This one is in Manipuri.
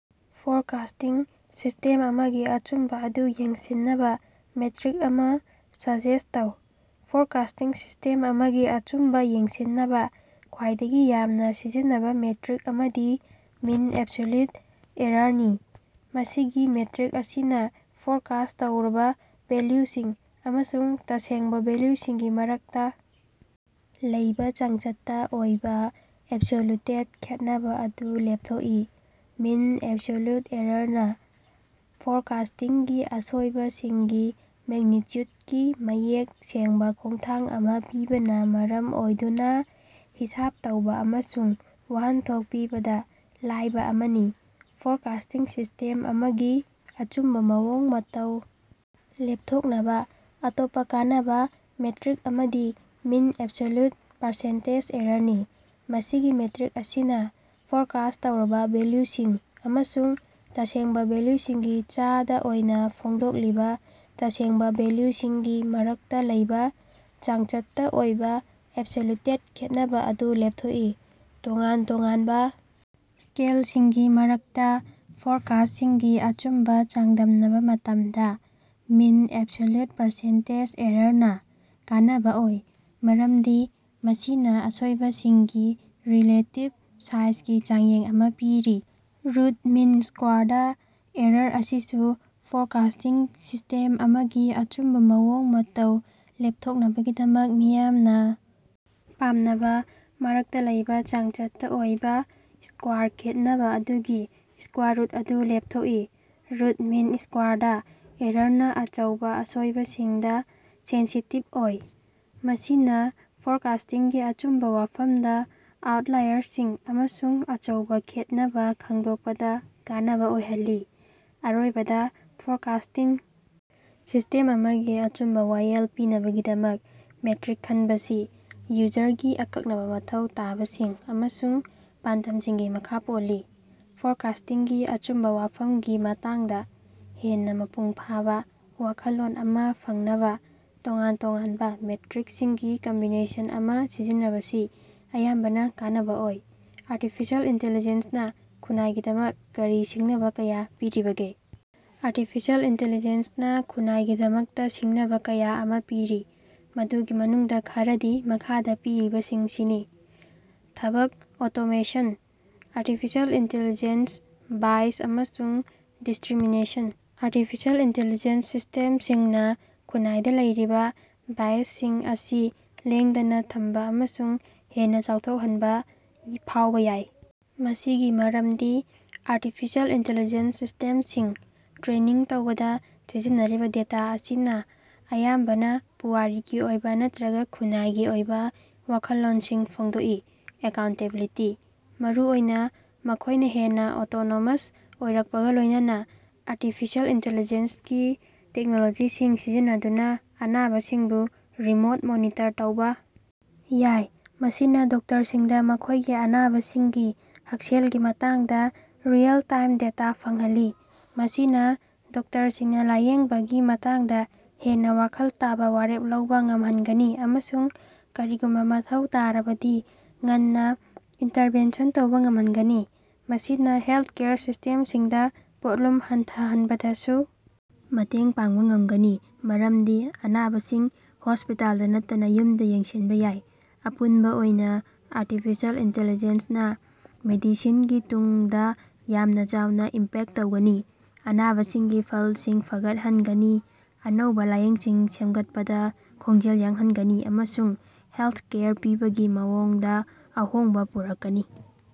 ꯐꯣꯔꯀꯥꯁ꯭ꯇꯤꯡ ꯁꯤꯁ꯭ꯇꯦꯝ ꯑꯃꯒꯤ ꯑꯆꯨꯝꯕꯥ ꯑꯗꯨ ꯌꯦꯡꯁꯤꯟꯅꯕ ꯃꯦꯇꯔꯤꯛ ꯑꯃꯥ ꯁꯖꯦꯁ꯭ꯠ ꯇꯧꯕ꯫ ꯐꯣꯔꯀꯥꯁ꯭ꯇꯤꯡ ꯁꯤꯁ꯭ꯇꯦꯝ ꯑꯃꯒꯤ ꯑꯆꯨꯝꯕ ꯌꯦꯡꯁꯤꯟꯅꯕ ꯈ꯭ꯋꯥꯏꯗꯒꯤ ꯌꯥꯝꯅ ꯁꯤꯖꯤꯟꯅꯕꯥ ꯃꯦꯇꯔꯤꯛ ꯑꯃꯗꯤ ꯃꯤꯟ ꯑꯦꯕꯁꯣꯜꯌꯨꯠ ꯑꯦꯔꯥꯔꯅꯤ꯫ ꯃꯁꯤꯒꯤ ꯃꯦꯇꯔꯤꯛ ꯑꯁꯤꯅ ꯐꯣꯔꯀꯥꯁ꯭ꯠ ꯇꯧꯔꯕ ꯚꯦꯜꯌꯨꯁꯤꯡ ꯑꯃꯁꯨꯡ ꯇꯁꯦꯡꯕ ꯚꯦꯜꯌꯨꯁꯤꯡꯒꯤ ꯃꯔꯛꯇ ꯂꯩꯕꯥ ꯆꯥꯡꯆꯠꯇ ꯑꯣꯏꯕ ꯑꯦꯕꯁꯣꯜꯌꯨꯇꯦꯗ ꯈꯦꯠꯅꯕ ꯑꯗꯨ ꯂꯦꯞꯊꯣꯛꯏ꯫ ꯃꯤꯟ ꯑꯦꯕꯁꯣꯜꯌꯨꯠ ꯑꯦꯔꯥꯔꯅꯥ ꯐꯣꯔꯀꯥꯁ꯭ꯇꯤꯡꯒꯤ ꯑꯁꯣꯏꯕꯁꯤꯡꯒꯤ ꯃꯦꯒ꯭ꯅꯤꯇ꯭ꯌꯨꯗꯀꯤ ꯃꯌꯦꯛ ꯁꯦꯡꯕ ꯈꯣꯡꯊꯥꯡ ꯑꯃꯥ ꯄꯤꯕꯅ ꯃꯔꯝ ꯑꯣꯏꯗꯨꯅ ꯍꯤꯁꯥꯕ ꯇꯧꯕ ꯑꯃꯁꯨꯡ ꯋꯥꯍꯟꯊꯣꯛ ꯄꯤꯕꯗ ꯂꯥꯏꯕꯥ ꯑꯃꯅꯤ꯫ ꯐꯣꯔꯀꯥꯁ꯭ꯇꯤꯡ ꯁꯤꯁ꯭ꯇꯦꯝ ꯑꯃꯒꯤ ꯑꯆꯨꯝꯕ ꯃꯑꯣꯡ ꯃꯇꯧ ꯂꯦꯞꯊꯣꯛꯅꯕ ꯑꯇꯣꯞꯄ ꯀꯥꯟꯅꯕ ꯃꯦꯇꯔꯤꯛ ꯑꯃꯗꯤ ꯃꯤꯟ ꯑꯦꯕꯁꯣꯜꯌꯨꯠ ꯄꯥꯔꯁꯦꯟꯇꯦꯖ ꯑꯦꯔꯥꯔꯅꯤ꯫ ꯃꯁꯤꯒꯤ ꯃꯦꯇꯔꯤꯛ ꯑꯁꯤꯅ ꯐꯣꯔꯀꯥꯁ꯭ꯠ ꯇꯧꯔꯕ ꯚꯦꯜꯌꯨꯁꯤꯡ ꯑꯃꯁꯨꯡ ꯇꯁꯦꯡꯕ ꯚꯦꯜꯌꯨꯁꯤꯡꯒꯤ ꯆꯥꯗ ꯑꯣꯏꯅ ꯐꯣꯡꯗꯣꯛꯂꯤꯕ ꯇꯁꯦꯡꯕ ꯚꯦꯜꯌꯨꯁꯤꯡꯒꯤ ꯃꯔꯛꯇ ꯂꯩꯕ ꯆꯥꯡꯆꯠꯇ ꯑꯣꯏꯕ ꯑꯦꯕꯁꯣꯜꯌꯨꯇꯦꯗ ꯈꯦꯠꯅꯕ ꯑꯗꯨ ꯂꯦꯞꯊꯣꯛꯏ꯫ ꯇꯣꯉꯥꯟ ꯇꯣꯉꯥꯟꯕ ꯁ꯭ꯀꯦꯜꯁꯤꯡꯒꯤ ꯃꯔꯛꯇ ꯐꯣꯔꯀꯥꯁ꯭ꯠꯁꯤꯡꯒꯤ ꯑꯆꯨꯝꯕ ꯆꯥꯡꯗꯝꯅꯕ ꯃꯇꯝꯗ ꯃꯤꯟ ꯑꯦꯕꯁꯣꯜꯌꯨꯠ ꯄꯥꯔꯁꯦꯟꯇꯦꯖ ꯑꯦꯔꯥꯔꯅꯥ ꯀꯥꯟꯅꯕ ꯑꯣꯏ, ꯃꯔꯝꯗꯤ ꯃꯁꯤꯅ ꯑꯁꯣꯏꯕꯁꯤꯡꯒꯤ ꯔꯤꯂꯦꯇꯤꯕ ꯁꯥꯏꯖꯒꯤ ꯆꯥꯡꯌꯦꯡ ꯑꯃꯥ ꯄꯤꯔꯤ꯫ ꯔꯨꯠ ꯃꯤꯟ ꯁ꯭ꯀꯋꯥꯔꯗ ꯑꯦꯔꯥꯔ ꯑꯁꯤꯁꯨ ꯐꯣꯔꯀꯥꯁ꯭ꯇꯤꯡ ꯁꯤꯁ꯭ꯇꯦꯝ ꯑꯃꯒꯤ ꯑꯆꯨꯝꯕ ꯃꯑꯣꯡ ꯃꯇꯧ ꯂꯦꯞꯊꯣꯛꯅꯕꯒꯤꯗꯃꯛ ꯃꯤꯌꯥꯝꯅ ꯄꯥꯝꯅꯕ ꯃꯔꯛꯇ ꯂꯩꯕ ꯆꯥꯡꯆꯠꯇ ꯑꯣꯏꯕ ꯁ꯭ꯀꯋꯥꯔ ꯈꯦꯠꯅꯕꯥ ꯑꯗꯨꯒꯤ ꯁ꯭ꯀꯋꯥꯔ ꯔꯨꯠ ꯑꯗꯨ ꯂꯦꯞꯊꯣꯞꯏ꯫ ꯔꯨꯠ ꯃꯤꯟ ꯁ꯭ꯀꯋꯥꯔꯗ ꯑꯦꯔꯥꯔꯅꯥ ꯑꯆꯧꯕꯥ ꯑꯁꯣꯏꯕꯁꯤꯡꯗ ꯁꯦꯟꯁꯤꯇꯤꯕ ꯑꯣꯏ, ꯃꯁꯤꯅ ꯐꯣꯔꯀꯥꯁ꯭ꯇꯤꯡꯒꯤ ꯑꯆꯨꯝꯕ ꯋꯥꯐꯝꯗ ꯑꯥꯎꯠꯂꯥꯏꯔꯁꯤꯡ ꯑꯃꯁꯨꯡ ꯑꯆꯧꯕ ꯈꯦꯠꯅꯕ ꯈꯪꯗꯣꯛꯄꯗ ꯀꯥꯟꯅꯕ ꯑꯣꯏꯍꯜꯂꯤ꯫ ꯑꯔꯣꯏꯕꯗ, ꯐꯣꯔꯀꯥꯁ꯭ꯇꯤꯡ ꯁꯤꯁ꯭ꯇꯦꯝ ꯑꯃꯒꯤ ꯑꯆꯨꯝꯕ ꯋꯥꯌꯦꯜ ꯄꯤꯅꯕꯒꯤꯗꯃꯛ ꯃꯦꯇꯔꯤꯛ ꯈꯟꯕꯁꯤ ꯌꯨꯖꯔꯒꯤ ꯑꯀꯛꯅꯕ ꯃꯊꯧ ꯇꯥꯕꯁꯤꯡ ꯑꯃꯁꯨꯡ ꯄꯥꯟꯗꯝꯁꯤꯡꯒꯤ ꯃꯈꯥ ꯄꯣꯜꯂꯤ꯫ ꯐꯣꯔꯀꯥꯁ꯭ꯇꯤꯡꯒꯤ ꯑꯆꯨꯝꯕ ꯋꯥꯐꯝꯒꯤ ꯃꯇꯥꯡꯗ ꯍꯦꯟꯅ ꯃꯄꯨꯡ ꯐꯥꯕ ꯋꯥꯈꯜꯂꯣꯟ ꯑꯃꯥ ꯐꯪꯅꯕꯥ ꯇꯣꯉꯥꯟ ꯇꯣꯉꯥꯟꯕ ꯃꯦꯇꯔꯤꯛꯁꯤꯡꯒꯤ ꯀꯝꯕꯤꯅꯦꯁꯟ ꯑꯃꯥ ꯁꯤꯖꯤꯟꯅꯕꯁꯤ ꯑꯌꯥꯝꯕꯅ ꯀꯥꯟꯅꯕꯥ ꯑꯣꯏ꯫ ꯑꯥꯔꯇꯤꯐꯤꯁꯤꯑꯦꯜ ꯏꯟꯇꯦꯂꯤꯖꯦꯟꯁꯅꯥ ꯈꯨꯟꯅꯥꯏꯒꯤꯗꯃꯛ ꯀꯔꯤ ꯁꯤꯡꯅꯕꯥ ꯀꯌꯥ ꯄꯤꯔꯤꯕꯒꯦ? ꯑꯥꯔꯇꯤꯐꯤꯁꯤꯑꯦꯜ ꯏꯟꯇꯤꯂꯤꯖꯦꯟꯁꯅꯥ ꯈꯨꯟꯅꯥꯏꯒꯤꯗꯃꯛꯇ ꯁꯤꯡꯅꯕ ꯀꯌꯥ ꯑꯃꯥ ꯄꯤꯔꯤ, ꯃꯗꯨꯒꯤ ꯃꯅꯨꯡꯗ ꯈꯔꯗꯤ ꯃꯈꯥꯗ ꯄꯤꯔꯤꯕꯁꯤꯡꯁꯤꯅꯤ: ꯊꯕꯛ ꯑꯣꯇꯣꯃꯦꯁꯟ: ꯑꯥꯔꯇꯤꯐꯤꯁꯤꯑꯦꯜ ꯏꯟꯇꯦꯂꯤꯖꯦꯟꯁ ꯕꯥꯏꯁ ꯑꯃꯁꯨꯡ ꯗꯤꯁꯇꯔꯤꯃꯤꯅꯦꯁꯟ: ꯑꯥꯔꯇꯤꯐꯤꯁꯤꯑꯦꯜ ꯏꯟꯇꯦꯂꯤꯖꯦꯟꯁ ꯁꯤꯁ꯭ꯇꯦꯝꯁꯤꯡꯅ ꯈꯨꯟꯅꯥꯏꯗ ꯂꯩꯔꯤꯕ ꯕꯥꯏꯁꯁꯤꯡ ꯑꯁꯤ ꯂꯦꯡꯗꯅ ꯊꯝꯕ ꯑꯃꯁꯨꯡ ꯍꯦꯟꯅ ꯆꯥꯎꯊꯣꯛꯍꯟꯕ ꯐꯥꯎꯕ ꯌꯥꯏ꯫ ꯃꯁꯤꯒꯤ ꯃꯔꯝꯗꯤ ꯑꯥꯔꯇꯤꯐꯤꯁꯤꯑꯦꯜ ꯏꯟꯇꯦꯂꯤꯖꯦꯟꯁ ꯁꯤꯁ꯭ꯇꯦꯝꯁꯤꯡ ꯇ꯭ꯔꯦꯅꯤꯡ ꯇꯧꯕꯗ ꯁꯤꯖꯤꯟꯅꯔꯤꯕ ꯗꯦꯇꯥ ꯑꯁꯤꯅ ꯑꯌꯥꯝꯕꯅ ꯄꯨꯋꯥꯔꯤꯒꯤ ꯑꯣꯏꯕ ꯅꯠꯇꯔꯒ ꯈꯨꯟꯅꯥꯏꯒꯤ ꯑꯣꯏꯕ ꯋꯥꯈꯜꯂꯣꯟꯁꯤꯡ ꯐꯣꯡꯗꯣꯛꯏ꯫ ꯑꯦꯀꯥꯎꯟꯇꯦꯕꯤꯂꯤꯇꯤ: ꯃꯔꯨꯑꯣꯏꯅ ꯃꯈꯣꯏꯅ ꯍꯦꯟꯅ ꯑꯣꯇꯣꯅꯣꯃꯁ ꯑꯣꯏꯔꯛꯄꯒ ꯂꯣꯏꯅꯅꯥ ꯑꯥꯔꯇꯤꯐꯤꯁꯤꯑꯦꯜ ꯏꯟꯇꯦꯂꯤꯖꯦꯟꯁꯒꯤ ꯇꯦꯛꯅꯣꯂꯣꯖꯤꯁꯤꯡ ꯁꯤꯖꯤꯟꯅꯗꯨꯅ ꯑꯅꯥꯕꯁꯤꯡꯕꯨ ꯔꯤꯃꯣꯠ ꯃꯣꯅꯤꯇꯔ ꯇꯧꯕ ꯌꯥꯏ, ꯃꯁꯤꯅꯥ ꯗꯣꯛꯇꯔꯁꯤꯡꯗ ꯃꯈꯣꯏꯒꯤ ꯑꯅꯥꯕꯁꯤꯡꯒꯤ ꯍꯛꯁꯦꯜꯒꯤ ꯃꯇꯥꯡꯗ ꯔꯤꯑꯦꯜ-ꯇꯥꯏꯝ ꯗꯦꯇꯥ ꯐꯪꯍꯜꯂꯤ꯫ ꯃꯁꯤꯅꯥ ꯗꯣꯛꯇꯔꯁꯤꯡꯅ ꯂꯥꯏꯌꯦꯡꯕꯒꯤ ꯃꯇꯥꯡꯗ ꯍꯦꯟꯅ ꯋꯥꯈꯜ ꯇꯥꯕꯥ ꯋꯥꯔꯦꯞ ꯂꯧꯕ ꯉꯝꯍꯟꯒꯅꯤ ꯑꯃꯁꯨꯡ ꯀꯔꯤꯒꯨꯝꯕ ꯃꯊꯧ ꯇꯥꯔꯕꯗꯤ ꯉꯟꯅ ꯏꯟꯇꯔꯚꯦꯟꯁꯟ ꯇꯧꯕ ꯉꯝꯍꯟꯒꯅꯤ꯫ ꯃꯁꯤꯅꯥ ꯍꯦꯜꯊꯀꯦꯌꯔ ꯁꯤꯁ꯭ꯇꯦꯝꯁꯤꯡꯗ ꯄꯣꯠꯂꯨꯝ ꯍꯟꯊꯍꯟꯕꯗꯁꯨ ꯃꯇꯦꯡ ꯄꯥꯡꯕꯥ ꯉꯝꯒꯅꯤ, ꯃꯔꯝꯗꯤ ꯑꯅꯥꯕꯁꯤꯡ ꯍꯣꯁ꯭ꯄꯤꯇꯥꯜꯗ ꯅꯠꯇꯅ ꯌꯨꯝꯗ ꯌꯦꯡꯁꯤꯟꯕ ꯌꯥꯏ꯫ ꯑꯄꯨꯟꯕ ꯑꯣꯏꯅ ꯑꯥꯔꯇꯤꯐꯤꯁꯤꯑꯦꯜ ꯏꯟꯇꯦꯂꯤꯖꯦꯟꯁꯅꯥ ꯃꯦꯗꯤꯁꯤꯟꯒꯤ ꯇꯨꯡꯗ ꯌꯥꯝꯅ ꯆꯥꯎꯅ ꯏꯝꯄꯦꯛꯠ ꯇꯧꯒꯅꯤ, ꯑꯅꯥꯕꯁꯤꯡꯒꯤ ꯐꯜꯁꯤꯡ ꯐꯒꯠꯍꯟꯒꯅꯤ, ꯑꯅꯧꯕ ꯂꯥꯌꯦꯡꯁꯤꯡ ꯁꯦꯝꯒꯠꯄꯗ ꯈꯣꯡꯖꯦꯜ ꯌꯥꯡꯍꯟꯒꯅꯤ, ꯑꯃꯁꯨꯡ ꯍꯦꯜꯊꯀꯦꯌꯔ ꯄꯤꯕꯒꯤ ꯃꯑꯣꯡꯗ ꯑꯍꯣꯡꯕ ꯄꯨꯔꯛꯀꯅꯤ꯫